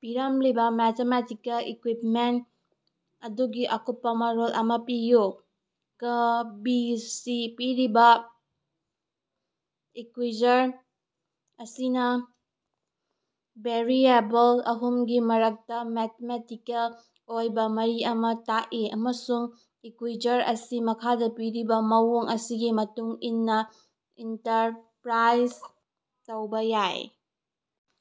ꯄꯤꯔꯤꯕ mathematical equipment ꯑꯗꯨꯒꯤ ꯑꯀꯨꯞꯄ ꯃꯔꯣꯜ ꯑꯃ ꯄꯤꯌꯨ꯫ ꯀ ꯕꯤ ꯁꯤ ꯄꯤꯔꯤꯕ ꯏꯀ꯭ꯌꯨꯏꯖꯔ ꯑꯁꯤꯅ ꯚꯦꯔꯤꯑꯦꯕꯜ ꯑꯍꯨꯝꯒꯤ ꯃꯔꯛꯇ ꯃꯦꯊꯃꯦꯇꯤꯀꯦꯜ ꯑꯣꯏꯕ ꯃꯔꯤ ꯑꯃꯥ ꯇꯥꯛꯏ ꯑꯃꯁꯨꯡ ꯏꯀ꯭ꯌꯨꯏꯖꯔ ꯑꯁꯤ ꯃꯈꯥꯗ ꯄꯤꯔꯤꯕ ꯃꯑꯣꯡ ꯑꯁꯤꯒꯤ ꯃꯇꯨꯡ ꯏꯟꯅ ꯏꯟꯇꯔꯄ꯭ꯔꯥꯏꯖ ꯇꯧꯕ ꯌꯥꯏ꯫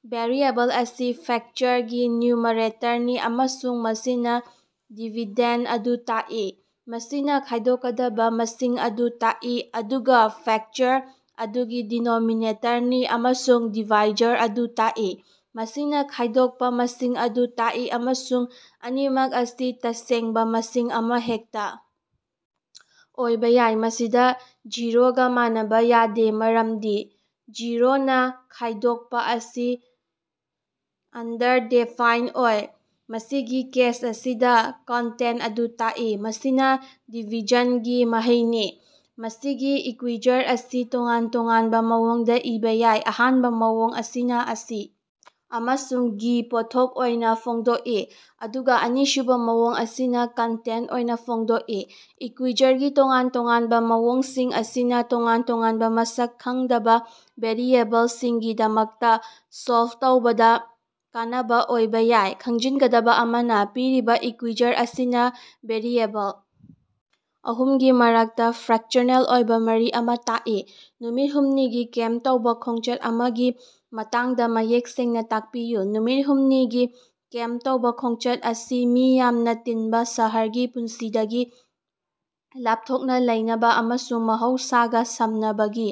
ꯚꯦꯔꯤꯑꯦꯕꯜ ꯑꯁꯤ ꯐ꯭ꯔꯦꯛꯆꯔꯒꯤ ꯅ꯭ꯌꯨꯃꯔꯦꯇꯔꯅꯤ ꯑꯃꯁꯨꯡ ꯃꯁꯤꯅ ꯗꯤꯕꯤꯗꯦꯟꯗ ꯑꯗꯨ ꯇꯥꯛꯏ, ꯃꯁꯤꯅꯥ ꯈꯥꯏꯗꯣꯛꯀꯗꯕ ꯃꯁꯤꯡ ꯑꯗꯨ ꯇꯥꯛꯏ, ꯑꯗꯨꯒ ꯐ꯭ꯔꯦꯛꯆꯔ ꯑꯗꯨꯒꯤ ꯗꯤꯅꯣꯃꯤꯅꯦꯇꯔꯅꯤ ꯑꯃꯁꯨꯡ ꯗꯤꯚꯥꯏꯖꯔ ꯑꯗꯨ ꯇꯥꯛꯏ, ꯃꯁꯤꯅ ꯈꯥꯏꯗꯣꯛꯄ ꯃꯁꯤꯡ ꯑꯗꯨ ꯇꯥꯛꯏ꯫ ꯑꯃꯁꯨꯡ ꯑꯅꯤꯃꯛ ꯑꯁꯤ ꯇꯁꯦꯡꯕꯥ ꯃꯁꯤꯡ ꯑꯃꯍꯦꯛꯇ ꯑꯣꯏꯕ ꯌꯥꯏ, ꯃꯁꯤꯗ ꯖꯤꯔꯣꯒꯥ ꯃꯥꯟꯅꯕ ꯌꯥꯗꯦ, ꯃꯔꯝꯗꯤ ꯖꯤꯔꯣꯅ ꯈꯥꯏꯗꯣꯛꯄ ꯑꯁꯤ ꯑꯟꯗꯔꯗꯦꯐꯥꯏꯗ ꯑꯣꯏ꯫ ꯃꯁꯤꯒꯤ ꯀꯦꯁ ꯑꯁꯤꯗ ꯀꯣꯟꯇꯦꯟꯇ ꯑꯗꯨ ꯇꯥꯛꯏ, ꯃꯁꯤꯅ ꯗꯤꯚꯤꯖꯟꯒꯤ ꯃꯍꯩꯅꯤ꯫ ꯃꯁꯤꯒꯤ ꯏꯀ꯭ꯌꯨꯏꯖꯔ ꯑꯁꯤ ꯇꯣꯉꯥꯟ ꯇꯣꯉꯥꯟꯕ ꯃꯑꯣꯡꯗ ꯏꯕ ꯌꯥꯏ꯫ ꯑꯍꯥꯟꯕ ꯃꯑꯣꯡ ꯑꯁꯤꯅ ꯑꯁꯤ ꯑꯃꯁꯨꯡ ꯒꯤ ꯄꯣꯠꯊꯣꯛ ꯑꯣꯏꯅ ꯐꯣꯡꯗꯣꯛꯏ, ꯑꯗꯨꯒ ꯑꯅꯤꯁꯨꯕ ꯃꯑꯣꯡ ꯑꯁꯤꯅ ꯀꯣꯟꯇꯦꯟꯇ ꯑꯣꯏꯅ ꯐꯣꯡꯗꯣꯛꯏ꯫ ꯏꯀ꯭ꯌꯨꯏꯖꯔꯒꯤ ꯇꯣꯉꯥꯟ ꯇꯣꯉꯥꯟꯕ ꯃꯑꯣꯡꯁꯤꯡ ꯑꯁꯤꯅ ꯇꯣꯉꯥꯟ ꯇꯣꯉꯥꯟꯕ ꯃꯁꯛ ꯈꯪꯗꯕ ꯚꯦꯔꯤꯑꯦꯕꯜꯁꯤꯡꯒꯤꯗꯃꯛꯇ ꯁꯣꯜꯕ ꯇꯧꯕꯗ ꯀꯥꯟꯅꯕ ꯑꯣꯏꯕ ꯌꯥꯏ꯫ ꯈꯪꯖꯤꯟꯒꯗꯕ ꯑꯃꯅ ꯄꯤꯔꯤꯕ ꯏꯀ꯭ꯌꯨꯏꯖꯔ ꯑꯁꯤꯅ ꯚꯦꯔꯤꯑꯦꯕꯜ ꯑꯍꯨꯝꯒꯤ ꯃꯔꯛꯇ ꯐ꯭ꯔꯦꯛꯆꯅꯦꯜ ꯑꯣꯏꯕ ꯃꯔꯤ ꯑꯃ ꯇꯥꯛꯏ꯫ ꯅꯨꯃꯤꯠ ꯍꯨꯝꯅꯤꯒꯤ ꯀꯦꯝꯄ ꯇꯧꯕ ꯈꯣꯡꯆꯠ ꯑꯃꯒꯤ ꯃꯇꯥꯡꯗ ꯃꯌꯦꯛ ꯁꯦꯡꯅ ꯇꯥꯛꯄꯤꯌꯨ꯫ ꯅꯨꯃꯤꯠ ꯍꯨꯝꯅꯤꯒꯤ ꯀꯦꯝꯄ ꯇꯧꯕ ꯈꯣꯡꯆꯠ ꯑꯁꯤ ꯃꯤ ꯌꯥꯝꯅ ꯇꯤꯟꯕ ꯁꯍꯔꯒꯤ ꯄꯨꯟꯁꯤꯗꯒꯤ ꯂꯥꯞꯊꯣꯛꯅ ꯂꯩꯅꯕ ꯑꯃꯁꯨꯡ ꯃꯍꯧꯁꯥꯒ ꯁꯝꯅꯕꯒꯤ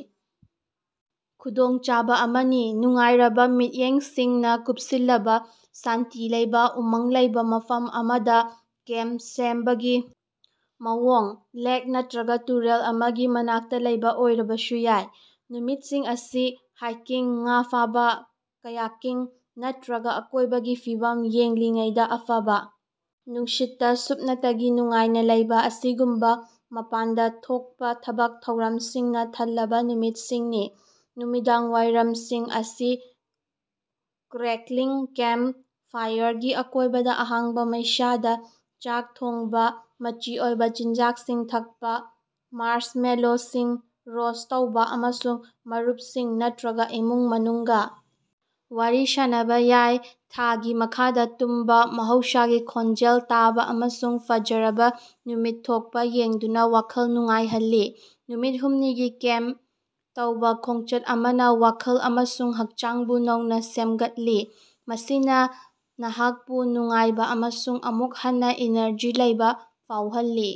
ꯈꯨꯗꯣꯡꯆꯥꯕ ꯑꯃꯅꯤ꯫ ꯅꯨꯡꯉꯥꯏꯔꯕ ꯃꯤꯠꯌꯦꯡꯁꯤꯡꯅ ꯀꯨꯞꯁꯤꯜꯂꯕ ꯁꯥꯟꯇꯤ ꯂꯩꯕ, ꯎꯃꯪ ꯂꯩꯕ ꯃꯐꯝ ꯑꯃꯗ ꯀꯦꯝꯄ ꯁꯦꯝꯕꯒꯤ ꯃꯑꯣꯡ, ꯂꯦꯛ ꯅꯠꯇ꯭ꯔꯒ ꯇꯨꯔꯦꯜ ꯑꯃꯒꯤ ꯃꯅꯥꯛꯇ ꯂꯩꯕ ꯑꯣꯏꯔꯕꯁꯨ ꯌꯥꯏ꯫ ꯅꯨꯃꯤꯠꯁꯤꯡ ꯑꯁꯤ ꯍꯥꯏꯀꯤꯡ, ꯉꯥ ꯐꯥꯕ, ꯀꯥꯌꯥꯀꯤꯡ ꯅꯠꯇ꯭ꯔꯒ ꯑꯀꯣꯏꯕꯒꯤ ꯐꯤꯕꯝ ꯌꯦꯡꯂꯤꯉꯩꯗ ꯑꯐꯕ ꯅꯨꯡꯁꯤꯠꯇ ꯁꯨꯞꯅꯇꯒꯤ ꯅꯨꯡꯉꯥꯏꯅ ꯂꯩꯕ ꯑꯁꯤꯒꯨꯝꯕ ꯃꯄꯥꯟꯗ ꯊꯣꯛꯄ ꯊꯕꯛ ꯊꯧꯔꯝꯁꯤꯡꯅ ꯊꯜꯂꯕ ꯅꯨꯃꯤꯠꯁꯤꯡꯅꯤ꯫ ꯅꯨꯃꯤꯗꯥꯡꯋꯥꯏꯔꯝꯁꯤꯡ ꯑꯁꯤ ꯀ꯭ꯔꯦꯛꯂꯤꯡ ꯀꯦꯝꯄ ꯐꯥꯏꯌꯔꯒꯤ ꯑꯀꯣꯏꯕꯗ ꯑꯍꯥꯡꯕ ꯃꯩꯁꯥꯗ ꯆꯥꯛ ꯊꯣꯡꯕ ꯃꯆꯤ ꯑꯣꯏꯕ ꯆꯤꯟꯖꯥꯛꯁꯤꯡ ꯊꯛꯄ, ꯃꯥꯔꯁꯃꯦꯂꯣꯁꯤꯡ ꯔꯣꯁ꯭ꯠ ꯇꯧꯕ ꯑꯃꯁꯨꯡ ꯃꯔꯨꯞꯁꯤꯡ ꯅꯠꯇ꯭ꯔꯒ ꯏꯃꯨꯡ ꯃꯅꯨꯡꯒ ꯋꯥꯔꯤ ꯁꯥꯅꯕ ꯌꯥꯏ꯫ ꯊꯥꯒꯤ ꯃꯈꯥꯗ ꯇꯨꯝꯕ, ꯃꯍꯧꯁꯥꯒꯤ ꯈꯣꯟꯖꯦꯜ ꯇꯥꯕ, ꯑꯃꯁꯨꯡ ꯐꯖꯔꯕ ꯅꯨꯃꯤꯠ ꯊꯣꯛꯄ ꯌꯦꯡꯗꯨꯅ ꯋꯥꯈꯜ ꯅꯨꯉꯥꯏꯍꯜꯂꯤ꯫ ꯅꯨꯃꯤꯠ ꯍꯨꯝꯅꯤꯒꯤ ꯀꯦꯝꯄ ꯇꯧꯕ ꯈꯣꯡꯆꯠ ꯑꯃꯅ ꯋꯥꯈꯜ ꯑꯃꯁꯨꯡ ꯍꯛꯆꯥꯡꯕꯨ ꯅꯧꯅ ꯁꯦꯝꯒꯠꯂꯤ, ꯃꯁꯤꯅ ꯅꯍꯥꯛꯄꯨ ꯅꯨꯡꯉꯥꯏꯕ ꯑꯃꯁꯨꯡ ꯑꯃꯨꯛ ꯍꯟꯅ ꯏꯅꯔꯖꯤ ꯂꯩꯕ ꯐꯥꯎꯍꯜꯂꯤ꯫